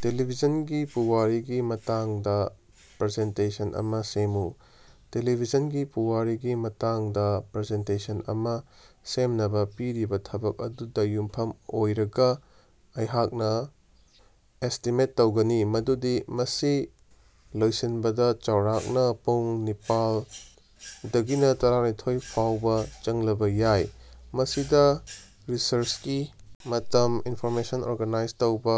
ꯇꯦꯂꯤꯚꯤꯖꯟꯒꯤ ꯄꯨꯋꯥꯔꯤꯒꯤ ꯃꯇꯥꯡꯗ ꯄ꯭ꯔꯖꯦꯟꯇꯦꯁꯟ ꯑꯃ ꯁꯦꯝꯃꯨ꯫ ꯇꯦꯂꯤꯚꯤꯖꯟꯒꯤ ꯄꯨꯋꯥꯔꯤꯒꯤ ꯃꯇꯥꯡꯗ ꯄ꯭ꯔꯖꯦꯟꯇꯦꯁꯟ ꯑꯃ ꯁꯦꯝꯅꯕꯥ ꯄꯤꯔꯤꯕ ꯊꯕꯛ ꯑꯗꯨꯗ ꯌꯨꯝꯐꯝ ꯑꯣꯏꯔꯒ ꯑꯩꯍꯥꯛꯅ ꯑꯦꯁꯇꯤꯃꯦꯠ ꯇꯧꯒꯅꯤ ꯃꯗꯨꯗꯤ ꯃꯁꯤ ꯂꯣꯏꯁꯤꯟꯕꯗꯥ ꯆꯥꯎꯔꯥꯛꯅ ꯄꯨꯡ ꯅꯤꯄꯥꯜ ꯗꯒꯤꯅ ꯇꯔꯥꯅꯤꯊꯣꯏ ꯐꯥꯎꯕꯥ ꯆꯪꯂꯕ ꯌꯥꯏ꯫ ꯃꯁꯤꯗ ꯔꯤꯁ꯭ꯔꯆꯀꯤ ꯃꯇꯝ, ꯏꯟꯐꯣꯔꯃꯦꯁꯟ ꯑꯣꯔꯒꯅꯥꯏꯖ ꯇꯧꯕ,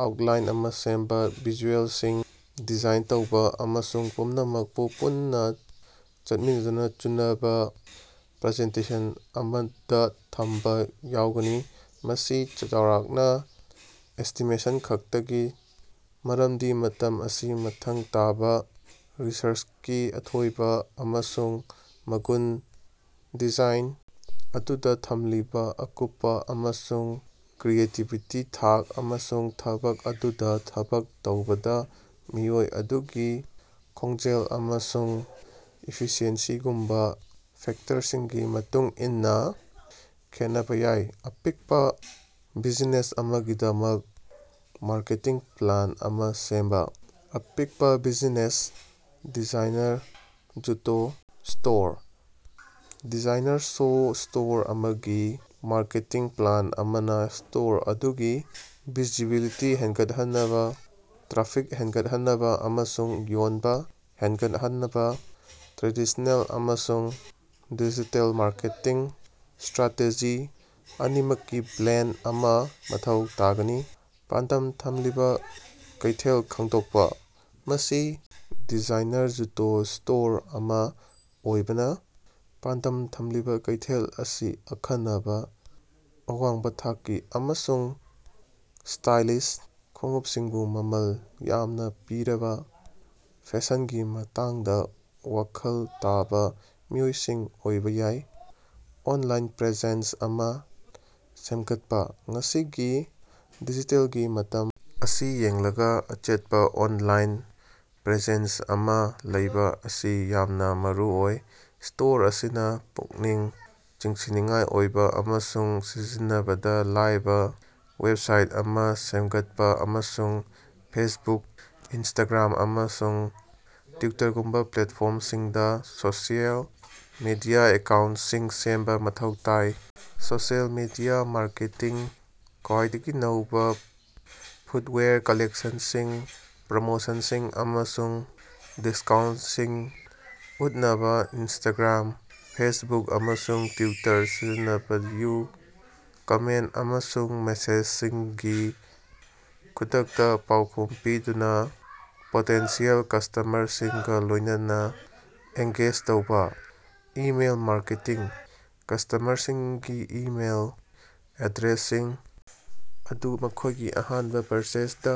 ꯑꯥꯎꯠꯂꯥꯏꯟ ꯑꯃ ꯁꯦꯝꯕ, ꯚꯤꯖꯨꯑꯦꯜꯁꯤꯡ ꯗꯤꯖꯥꯏꯟ ꯇꯧꯕ ꯑꯃꯁꯨꯡ ꯄꯨꯝꯅꯃꯛꯄꯨ ꯄꯨꯟꯅ ꯆꯠꯃꯤꯟꯅꯗꯨꯅ ꯆꯨꯅꯕ ꯄ꯭ꯔꯖꯦꯟꯇꯦꯁꯟ ꯑꯃꯗ ꯊꯝꯕ ꯌꯥꯎꯒꯅꯤ꯫ ꯃꯁꯤ ꯆꯥꯎꯔꯥꯛꯅ ꯑꯦꯁꯇꯤꯃꯦꯁꯟ ꯈꯛꯇꯅꯤ ꯃꯔꯝꯗꯤ ꯃꯇꯝ ꯑꯁꯤ ꯃꯊꯧ ꯇꯥꯕ ꯔꯤꯁ꯭ꯔꯆꯀꯤ ꯑꯊꯣꯏꯕ ꯑꯃꯁꯨꯡ ꯃꯒꯨꯟ, ꯗꯤꯖꯥꯏꯟ ꯑꯗꯨꯗ ꯊꯝꯂꯤꯕ ꯑꯀꯨꯞꯄ ꯑꯃꯁꯨꯡ ꯀ꯭ꯔꯤꯌꯦꯇꯤꯕꯤꯇꯤꯒꯤ ꯊꯥꯛ, ꯑꯃꯁꯨꯡ ꯊꯕꯛ ꯑꯗꯨꯗ ꯊꯕꯛ ꯇꯧꯕꯗ ꯃꯤꯑꯣꯏ ꯑꯗꯨꯒꯤ ꯈꯣꯡꯖꯦꯜ ꯑꯃꯁꯨꯡ ꯏꯐꯤꯁꯤꯑꯦꯟꯁꯤꯒꯨꯝꯕꯥ ꯐꯦꯛꯇꯔꯁꯤꯡꯒꯤ ꯃꯇꯨꯡ ꯏꯟꯅ ꯈꯦꯠꯅꯕꯥ ꯌꯥꯏ꯫ ꯑꯄꯤꯛꯄ ꯕꯤꯖꯤꯅꯦꯁ ꯑꯃꯒꯤꯗꯃꯛ ꯃꯥꯔꯀꯦꯇꯤꯡ ꯄ꯭ꯂꯥꯟ ꯑꯃ ꯁꯦꯝꯕ꯫ ꯑꯄꯤꯛꯄ ꯕꯤꯖꯤꯅꯦꯁ - ꯗꯤꯖꯥꯏꯅꯔ ꯖꯨꯇꯣ ꯁ꯭ꯇꯣꯔ꯫ ꯗꯤꯖꯥꯏꯅꯔ ꯁꯣ ꯁ꯭ꯇꯣꯔ ꯑꯃꯒꯤ ꯃꯥꯔꯀꯦꯇꯤꯡ ꯄ꯭ꯂꯥꯟ ꯑꯃꯅ ꯁ꯭ꯇꯣꯔ ꯑꯗꯨꯒꯤ ꯚꯤꯖꯤꯕꯤꯂꯤꯇꯤ ꯍꯦꯟꯒꯠꯍꯟꯅꯕꯥ, ꯇ꯭ꯔꯥꯐꯤꯛ ꯍꯦꯟꯒꯠꯍꯟꯅꯕꯥ ꯑꯃꯁꯨꯡ ꯌꯣꯟꯕ ꯍꯦꯟꯒꯠꯍꯟꯅꯕꯥ ꯇ꯭ꯔꯦꯗꯤꯁꯅꯦꯜ ꯑꯃꯁꯨꯡ ꯗꯤꯖꯤꯇꯦꯜ ꯃꯥꯔꯀꯦꯇꯤꯡ ꯁ꯭ꯇꯔꯥꯇꯦꯖꯤ ꯑꯅꯤꯃꯛꯀꯤ ꯕ꯭ꯂꯦꯟꯗ ꯑꯃ ꯃꯊꯧ ꯇꯥꯒꯅꯤ꯫ ꯄꯥꯟꯗꯝ ꯊꯝꯂꯤꯕ ꯀꯩꯊꯦꯜ ꯈꯪꯗꯣꯛꯄ - ꯃꯁꯤ ꯗꯤꯖꯥꯏꯅꯔ ꯖꯨꯇꯣ ꯁ꯭ꯇꯣꯔ ꯑꯃ ꯑꯣꯏꯕꯅ ꯄꯥꯟꯗꯝ ꯊꯝꯂꯤꯕ ꯀꯩꯊꯦꯜ ꯑꯁꯤ ꯑꯈꯟꯅꯕꯥ, ꯑꯋꯥꯡꯕ ꯊꯥꯛꯀꯤ ꯑꯃꯁꯨꯡ ꯁ꯭ꯇꯥꯏꯂꯤꯁ ꯈꯣꯡꯎꯞꯁꯤꯡꯕꯨ ꯃꯃꯜ ꯌꯥꯝꯅ ꯄꯤꯔꯤꯕ ꯐꯦꯁꯟꯒꯤ ꯃꯇꯥꯡꯗ‌ ꯋꯥꯈꯜ ꯇꯥꯕ ꯃꯤꯑꯣꯏꯁꯤꯡ ꯑꯣꯏꯕ ꯌꯥꯏ꯫ ꯑꯣꯟꯂꯥꯏꯟ ꯄ꯭ꯔꯦꯖꯦꯟꯁ ꯑꯃ ꯁꯦꯝꯒꯠꯄ - ꯉꯁꯤꯒꯤ ꯗꯤꯖꯤꯇꯦꯜꯒꯤ ꯃꯇꯝ ꯑꯁꯤ ꯌꯦꯡꯂꯒꯥ, ꯑꯆꯦꯠꯄ ꯑꯣꯟꯂꯥꯏꯟ ꯄ꯭ꯔꯦꯖꯦꯟꯁ ꯑꯃ ꯂꯩꯕ ꯑꯁꯤ ꯌꯥꯝꯅ ꯃꯔꯨꯑꯣꯏ꯫ ꯁ꯭ꯇꯣꯔ ꯑꯁꯤꯅ ꯄꯨꯛꯅꯤꯡ ꯆꯤꯡꯁꯤꯟꯅꯤꯡꯉꯥꯏ ꯑꯣꯏꯕ ꯑꯃꯁꯨꯡ ꯁꯤꯖꯤꯟꯅꯕꯗ ꯂꯥꯏꯕ ꯋꯦꯕꯁꯥꯏꯠ ꯑꯃ ꯁꯦꯝꯒꯠꯄ ꯑꯃꯁꯨꯡ ꯐꯦꯁꯕꯨꯛ, ꯏꯟꯁꯇꯥꯒ꯭ꯔꯥꯝ, ꯑꯃꯁꯨꯡ ꯇ꯭ꯌꯨꯇꯔꯒꯨꯝꯕ ꯄ꯭ꯂꯦꯠꯐꯣ꯭ꯔꯝꯁꯤꯡꯗ ꯁꯣꯁꯤꯑꯦꯜ ꯃꯤꯗꯤꯌꯥ ꯑꯦꯀꯥꯎꯟꯇꯁꯤꯡ ꯁꯦꯝꯕ ꯃꯊꯧ ꯇꯥꯏ꯫ ꯁꯣꯁꯤꯑꯦꯜ ꯃꯤꯗꯤꯌꯥ ꯃꯥꯔꯀꯦꯇꯤꯡ - ꯈ꯭ꯋꯥꯏꯗꯒꯤ ꯅꯧꯕ ꯐꯨꯇꯋꯦꯌꯔ ꯀꯥꯂꯦꯛꯁꯟꯁꯤꯡ, ꯄ꯭ꯔꯃꯣꯁꯟꯁꯤꯡ, ꯑꯃꯁꯨꯡ ꯗꯤꯁꯀꯥꯎꯟꯇꯁꯤꯡ ꯎꯠꯅꯕꯥ ꯏꯟꯁꯇꯥꯒ꯭ꯔꯥꯝ, ꯐꯦꯁꯕꯨꯛ, ꯑꯃꯁꯨꯡ ꯇ꯭ꯌꯨꯇꯔ ꯁꯤꯖꯤꯟꯅꯕꯤꯌꯨ꯫ ꯀꯥꯃꯦꯟꯇ ꯑꯃꯁꯨꯡ ꯃꯦꯁꯦꯖꯁꯤꯡꯒꯤ ꯈꯨꯗꯛꯇ ꯄꯥꯎꯈꯨꯝ ꯄꯤꯗꯨꯅ ꯄꯣꯇꯦꯟꯁꯤꯑꯦꯜ ꯀꯁ꯭ꯇꯃꯔꯁꯤꯡꯒ ꯂꯣꯏꯅꯅꯥ ꯑꯦꯡꯒꯦꯖ ꯇꯧꯕ꯫ ꯏꯃꯦꯜ ꯃꯥꯔꯀꯦꯇꯤꯡ -ꯀꯁ꯭ꯇꯃꯔꯁꯤꯡꯒꯤ ꯏꯃꯦꯏꯜ ꯑꯦꯗ꯭ꯔꯦꯁꯁꯤꯡ ꯑꯗꯨ ꯃꯈꯣꯏꯒꯤ ꯑꯍꯥꯟꯕ ꯄꯔꯆꯦꯖꯗꯥ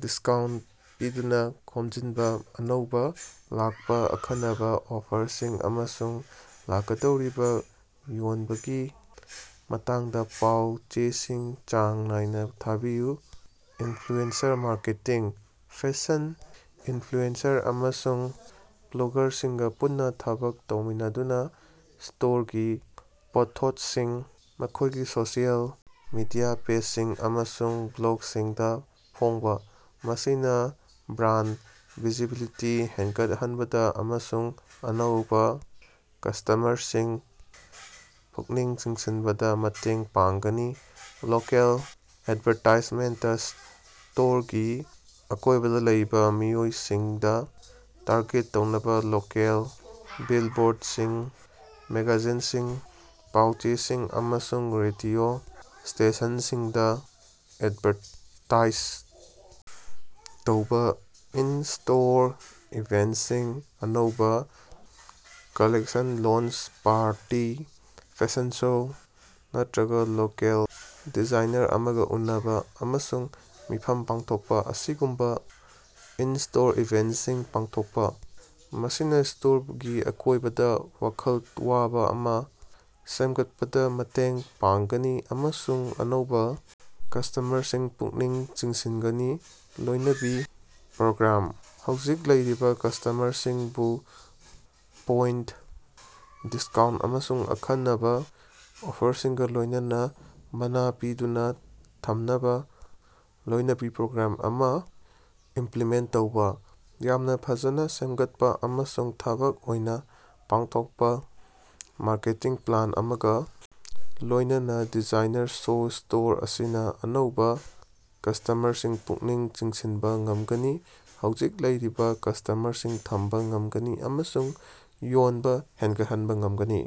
ꯗꯤꯁꯀꯥꯎꯟꯇ ꯄꯤꯗꯨꯅ ꯈꯣꯝꯖꯤꯟꯕ꯫ ꯑꯅꯧꯕ ꯂꯥꯛꯄ, ꯑꯈꯟꯅꯕꯥ ꯑꯣꯐꯔꯁꯤꯡ, ꯑꯃꯁꯨꯡ ꯂꯥꯛꯀꯗꯧꯔꯤꯕ ꯌꯣꯟꯕꯒꯤ ꯃꯇꯥꯡꯗ ꯄꯥꯎ-ꯆꯦꯁꯤꯡ ꯆꯥꯡ ꯅꯥꯏꯅ ꯊꯥꯕꯤꯌꯨ꯫ ꯏꯟꯐ꯭ꯂꯨꯑꯦꯟꯁꯔ ꯃꯥꯔꯀꯦꯇꯤꯡ - ꯐꯦꯁꯟ ꯏꯟꯐ꯭ꯂꯨꯑꯦꯟꯁꯔ ꯑꯃꯁꯨꯡ ꯕ꯭ꯂꯣꯒꯥꯔꯁꯤꯡꯒ ꯄꯨꯟꯅ ꯊꯕꯛ ꯇꯧꯃꯤꯟꯅꯗꯨꯅ ꯁ꯭ꯇꯣꯔꯒꯤ ꯄꯣꯠꯊꯣꯠꯁꯤꯡ ꯃꯈꯣꯏꯒꯤ ꯁꯣꯁꯤꯑꯦꯜ ꯃꯤꯗꯤꯌꯥ ꯄꯦꯖꯁꯤꯡ ꯑꯃꯁꯨꯡ ꯕ꯭ꯂꯣꯒꯁꯤꯡꯗ ꯐꯣꯡꯕ꯫ ꯃꯁꯤꯅ ꯕ꯭ꯔꯥꯟꯗ ꯚꯤꯖꯤꯕꯤꯂꯤꯇꯤ ꯍꯦꯟꯒꯠꯍꯟꯕꯗ ꯑꯃꯁꯨꯡ ꯑꯅꯧꯕ ꯀꯁ꯭ꯇꯃꯔꯁꯤꯡ ꯄꯨꯛꯅꯤꯡ ꯆꯤꯡꯁꯤꯟꯕꯗ ꯃꯇꯦꯡ ꯄꯥꯡꯒꯅꯤ꯫ ꯂꯣꯀꯦꯜ ꯑꯦꯗꯚꯥꯔꯇꯥꯏꯖꯃꯦꯟꯇ - ꯁ꯭ꯇꯣꯔꯒꯤ ꯑꯀꯣꯏꯕꯗꯥ ꯂꯩꯕ ꯃꯤꯑꯣꯏꯁꯤꯡꯗ ꯇꯥꯔꯒꯦꯠ ꯇꯧꯅꯕ ꯂꯣꯀꯦꯜ ꯕꯤꯜꯕꯣꯔꯗꯁꯤꯡ, ꯃꯦꯒꯥꯖꯤꯟꯁꯤꯡ, ꯄꯥꯎ-ꯆꯦꯁꯤꯡ, ꯑꯃꯁꯨꯡ ꯔꯦꯗꯤꯑꯣ ꯁ꯭ꯇꯦꯁꯟꯁꯤꯡꯗ ꯑꯦꯗꯚꯥꯔꯇꯥꯏꯖ ꯇꯧꯕ꯫ ꯏꯟ-ꯁ꯭ꯇꯣꯔ ꯏꯚꯦꯟꯇꯁꯤꯡ - ꯑꯅꯧꯕ collection launch party, fashion show, ꯅꯠꯇꯔꯒ ꯂꯣꯀꯦꯜ ꯗꯤꯖꯥꯏꯅꯔ ꯑꯃꯒ ꯎꯅꯕꯥ ꯑꯃꯁꯨꯡ ꯃꯤꯐꯝ ꯄꯥꯡꯊꯣꯛꯄ ꯑꯁꯤꯒꯨꯝꯕ ꯏꯟ-ꯁ꯭ꯇꯣꯔ ꯏꯚꯦꯟꯇꯁꯤꯡ ꯄꯥꯡꯊꯣꯛꯄ꯫ ꯃꯁꯤꯅ ꯁ꯭ꯇꯣꯔꯒꯤ ꯑꯀꯣꯏꯕꯗꯥ ꯋꯥꯈꯜ ꯋꯥꯕ ꯑꯃ ꯁꯦꯝꯒꯠꯄꯗ ꯃꯇꯦꯡ ꯄꯥꯡꯒꯅꯤ ꯑꯃꯁꯨꯡ ꯑꯅꯧꯕ ꯀꯁ꯭ꯇꯃꯔꯁꯤꯡ ꯄꯨꯛꯅꯤꯡ ꯆꯤꯡꯁꯤꯟꯒꯅꯤ꯫ ꯂꯣꯏꯅꯕꯤ ꯄ꯭ꯔꯣꯒ꯭ꯔꯥꯝ - ꯍꯧꯖꯤꯛ ꯂꯩꯔꯤꯕ ꯀꯁ꯭ꯇꯃꯔꯁꯤꯡꯕꯨ ꯄꯣꯏꯟꯇ, ꯗꯤꯁꯀꯥꯎꯟꯇ ꯑꯃꯁꯨꯡ ꯑꯈꯟꯅꯕ ꯑꯣꯐꯔꯁꯤꯡꯒ ꯂꯣꯏꯅꯅꯥ ꯃꯅꯥ ꯄꯤꯗꯨꯅ ꯊꯝꯅꯕꯥ ꯂꯣꯏꯅꯕꯤ ꯄ꯭ꯔꯣꯒ꯭ꯔꯥꯝ ꯑꯃ ꯏꯝꯄ꯭ꯂꯤꯃꯦꯟꯇ ꯇꯧꯕ꯫ ꯌꯥꯝꯅ ꯐꯖꯅ‌ ꯁꯦꯝꯒꯠꯄ ꯑꯃꯁꯨꯡ ꯊꯕꯛ ꯑꯣꯏꯅ ꯄꯥꯡꯊꯣꯛꯄ ꯃꯥꯔꯀꯦꯇꯤꯡ ꯄ꯭ꯂꯥꯟ ꯑꯃꯒ ꯂꯣꯏꯅꯅꯥ ꯗꯤꯖꯥꯏꯅꯔ ꯁꯣ ꯁ꯭ꯇꯣꯔ ꯑꯁꯤꯅ ꯑꯅꯧꯕ ꯀꯁ꯭ꯇꯃꯔꯁꯤꯡ ꯄꯨꯛꯅꯤꯡ ꯆꯤꯡꯁꯤꯟꯕ ꯉꯝꯒꯅꯤ, ꯍꯧꯖꯤꯛ ꯂꯩꯔꯤꯕ ꯀꯁ꯭ꯇꯃꯔꯁꯤꯡ ꯊꯝꯕ ꯉꯝꯒꯅꯤ ꯑꯃꯁꯨꯡ ꯌꯣꯟꯕ ꯍꯦꯟꯒꯠꯍꯟꯕ ꯉꯝꯒꯅꯤ꯫